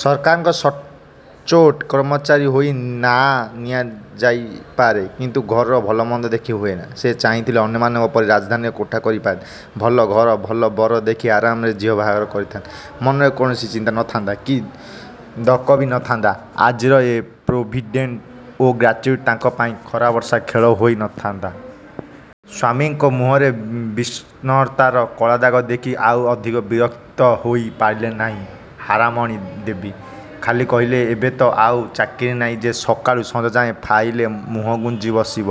ସରକାରଙ୍କ ସଚ୍ଚୋଟ କର୍ମଚାରୀ ହୋଇ ନାଆଁ ନିଆଯାଇପାରେ; କିନ୍ତୁ ଘରର ଭଲ–ମନ୍ଦ ଦେଖି ହୁଏନା। ସେ ଚାହିଁଥିଲେ ଅନ୍ୟମାନଙ୍କ ପରି ରାଜଧାନୀରେ କୋଠା କରିପାରିଥାନ୍ତେ। ଭଲ ଘର, ଭଲ ବର ଦେଖି ଆରାମରେ ଝିଅ ବାହାକରି ପାରିଥାନ୍ତେ। ମନରେ କୌଣସି ଚିନ୍ତା ନ ଥାନ୍ତା କି ଦକ ବି ନଥାନ୍ତା, ଆଜିର ଏ ପ୍ରୋଭିଡ଼େଣ୍ଟ ଓ ଗ୍ରାଚ୍ୟୁଇଟି ତାଙ୍କ ପାଇଁ ଖରାବର୍ଷାର ଖେଳ ହୋଇ ନ ଥାନ୍ତା। ସ୍ଵାମୀଙ୍କ ମୁହଁରେ ବିଷର୍ଣ୍ଣତାର କଳାଦାଗ ଦେଖି ଆଉ ଅଧିକ ବିରକ୍ତ ହୋଇ ପାରିଲେନି ହାରାମଣି ଦେବୀ। ଖାଲି କହିଲେ–ଏବେ ତ ଆଉ ଚାକିରି ନାହିଁ ଯେ ସକାଳୁ ସଞ୍ଜଯାଏ ଫାଇଲ୍ରେ ମୁହଁଗୁଞ୍ଜି ବସିବ।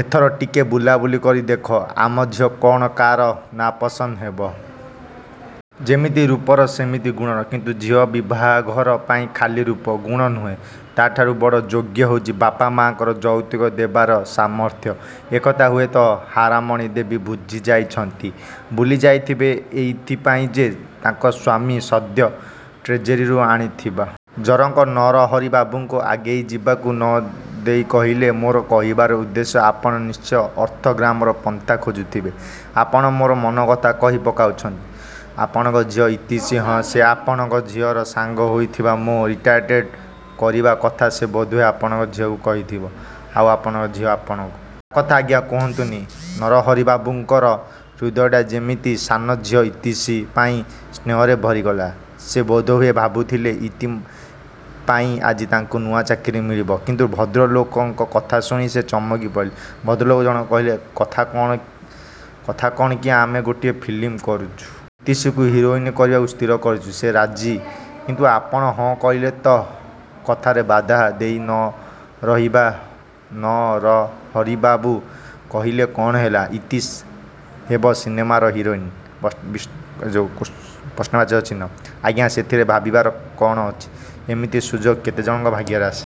ଏଥର ଟିକେ ବୁଲାବୁଲି କରି ଦେଖ। ଆମ ଝିଅ କ'ଣ କା'ର ନା ପସନ୍ଦ ହେବ? ଯେମିତି ରୂପର, ସେମିତି ଗୁଣର। କିନ୍ତୁ ଝିଅ ବିଭାଘର ପାଇଁ ଖାଲି ରୂପ, ଗୁଣ ନୁହେଁ–ତା'ଠାରୁ ବଡ଼ ଯୋଗ୍ୟତା ହେଉଛି ବାପା ମାଆଙ୍କର ଯୌତୁକ ଦେବାର ସାମର୍ଥ୍ୟ–ଏକଥା ହୁଏତ ହାରାମଣୀ ଦେବୀ ଭୁଲିଯାଇଛନ୍ତି ଭୁଲିଯାଇଥିବେ ଏଇଥି ପାଇଁ ଯେ, ତାଙ୍କ ସ୍ଵାମୀ ସଦ୍ୟ ଟ୍ରେଜେରୀରୁ ଆଣିଥିବା। ଜଣକ ନରହରିବାବୁଙ୍କୁ ଆଗେଇଯିବାକୁ ନ ଦେଇ କହିଲେ–ମୋର କହିବାର ଉଦ୍ଦେଶ୍ୟ–ଆପଣ ନିଶ୍ଚୟ ଅର୍ଥାଗମର ପନ୍ଥା ଖୋଜୁଥିବେ। ଆପଣ ମୋର ମନ କଥା କହି ପକାଉଛନ୍ତି: ଆପଣଙ୍କ ଝିଅ ଇତିଶ୍ରୀ... ହଁ ସେ ଆପଣଙ୍କ ଝିଅର ସାଙ୍ଗ ହୋଇଥିବ ଓ ମୋ' ରିଟାୟାର୍ଡ଼ କରିବା କଥା ସେ ବୋଧହୁଏ ଆପଣଙ୍କ ଝିଅକୁ କହିଥିବ; ଆଉ ଆପଣଙ୍କ ଝିଅ ଆପଣଙ୍କୁ... ତା'କଥା ଆଜ୍ଞା କୁହନ୍ତୁନି...। ନରହରିବାବୁଙ୍କର ହୃଦୟଟା ଯେମିତି ସାନଝିଅ ଇତିଶ୍ରୀ ପାଇଁ ସ୍ନେହରେ ଭରିଗଲା। ସେ ବୋଧହୁଏ ଭାବୁଥିଲେ–ଇତି ପାଇଁ ଆଜି ତାଙ୍କୁ ନୂଆ ଚାକିରି ମିଳିବ। କିନ୍ତୁ ଭଦ୍ରଲୋକଙ୍କ କଥା ଶୁଣି ସେ ଚମକି ପଡ଼ିଲେ। ଭଦ୍ରଲୋକ ଜଣକ କହିଲେ–କଥା କ'ଣ କି ଆମେ ଗୋଟିଏ ଫିଲ୍ମ କରୁଛୁ। ଇତିଶ୍ରୀକୁ ହିରୋଇନ୍ କରିବାକୁ ସ୍ଥିର କରିଛୁ। ସେ ରାଜି; କିନ୍ତୁ ଆପଣ ହଁ' ନ କହିଲେ ତ... କଥାରେ ବାଧା ଦେଇ ନରହରିବାବୁ କହିଲେ–କ'ଣ ହେଲା, ଇତି ହେବ ସିନେମାରେ ହିରୋଇନ୍? ଆଜ୍ଞା ସେଥିରେ ଭାବିବାର କ'ଣ ଅଛି। ଏମିତି ସୁଯୋଗ କେତେ ଜଣଙ୍କ ଭାଗ୍ୟରେ ଆସେ।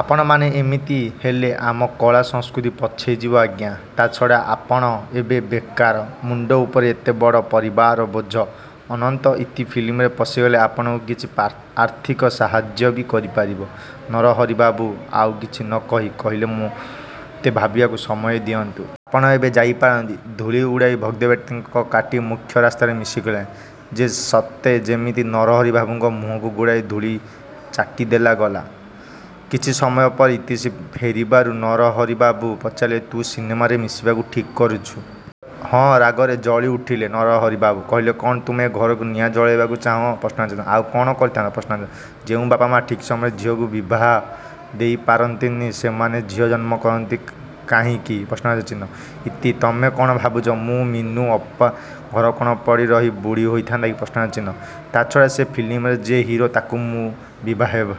ଆପଣମାନେ ଏମିତି ହେଲେ ଆମ କଳା, ସଂସ୍କୃତି ପଛେଇଯିବ ଆଜ୍ଞା।... ତା' ଛଡ଼ା ଆପଣ ଏବେ ବେକାର-। ମୁଣ୍ଡ ଉପରେ ଏତେ ବଡ଼ ପରିବାରର ବୋଝ। ଅନ୍ତତଃ ଇତି ଫିଲ୍ମରେ ପଶିଗଲେ ଆପଣଙ୍କୁ କିଛି ଆର୍ଥିକ ସାହାଯ୍ୟ ବି କରିପାରିବ। ନରହରିବାବୁ ଆଉ କିଛି ନ କହି କହିଲେ ମୋତେ ଭାବିବାକୁ ସମୟ ଦିଅନ୍ତୁ।... ଆପଣ ଏବେ ଯାଇ ପାରନ୍ତି। ଧୂଳି ଉଡ଼ାଇ ଭଦ୍ରବ୍ୟକ୍ତିଙ୍କ କାର୍ଟି ମୁଖ୍ୟ ରାସ୍ତାରେ ମିଶିଗଲାନି ଯେ ସତେ ଯେମିତି ନରହରିବାବୁଙ୍କ ମୁହଁକୁ ଗୁଡ଼ାଏ ଧୂଳି ଛାଟି ଦେଇ ଗଲା। କିଛି ସମୟ ପରେ ଇତିଶ୍ରୀ ଫେରିବାରୁ ନରହରିବାବୁ ପଚାରିଲେ ତୁ ସିନେମାରେ ମିଶିବାକୁ ଠିକ୍ କରିଛୁ? ହଁ। ରାଗରେ ଜଳି ଉଠିଲେ ନରହରିବାବୁ। କହିଲେ ତୁ କ'ଣ ଏ ଘରେ ନିଆଁ ଜଳେଇବାକୁ ଚାହୁଁ? ଆଉ କ'ଣ କରିଥାନ୍ତି? ଯେଉଁ ବାପାମାଆ ଠିକ୍ ସମୟରେ ଝିଅକୁ ବିବାହ ଦେଇ ପାରନ୍ତିନି, ସେମାନେ ଝିଅ ଜନ୍ମ କରନ୍ତି କାହିଁକି? ଇତି... ତମେ କ'ଣ ଭାବୁଛ ମୁଁ ମିନୁ ଅପାପରି ଘରକୋଣରେ ପଡ଼ି ରହି ବୁଢ଼ୀ ହୋଇଥା'ନ୍ତି? ତା'ଛଡ଼ା ସେ ଫିଲ୍ମର ଯିଏ ହିରୋ ତାକୁ ମୁଁ ବିଭା ହେବାକୁ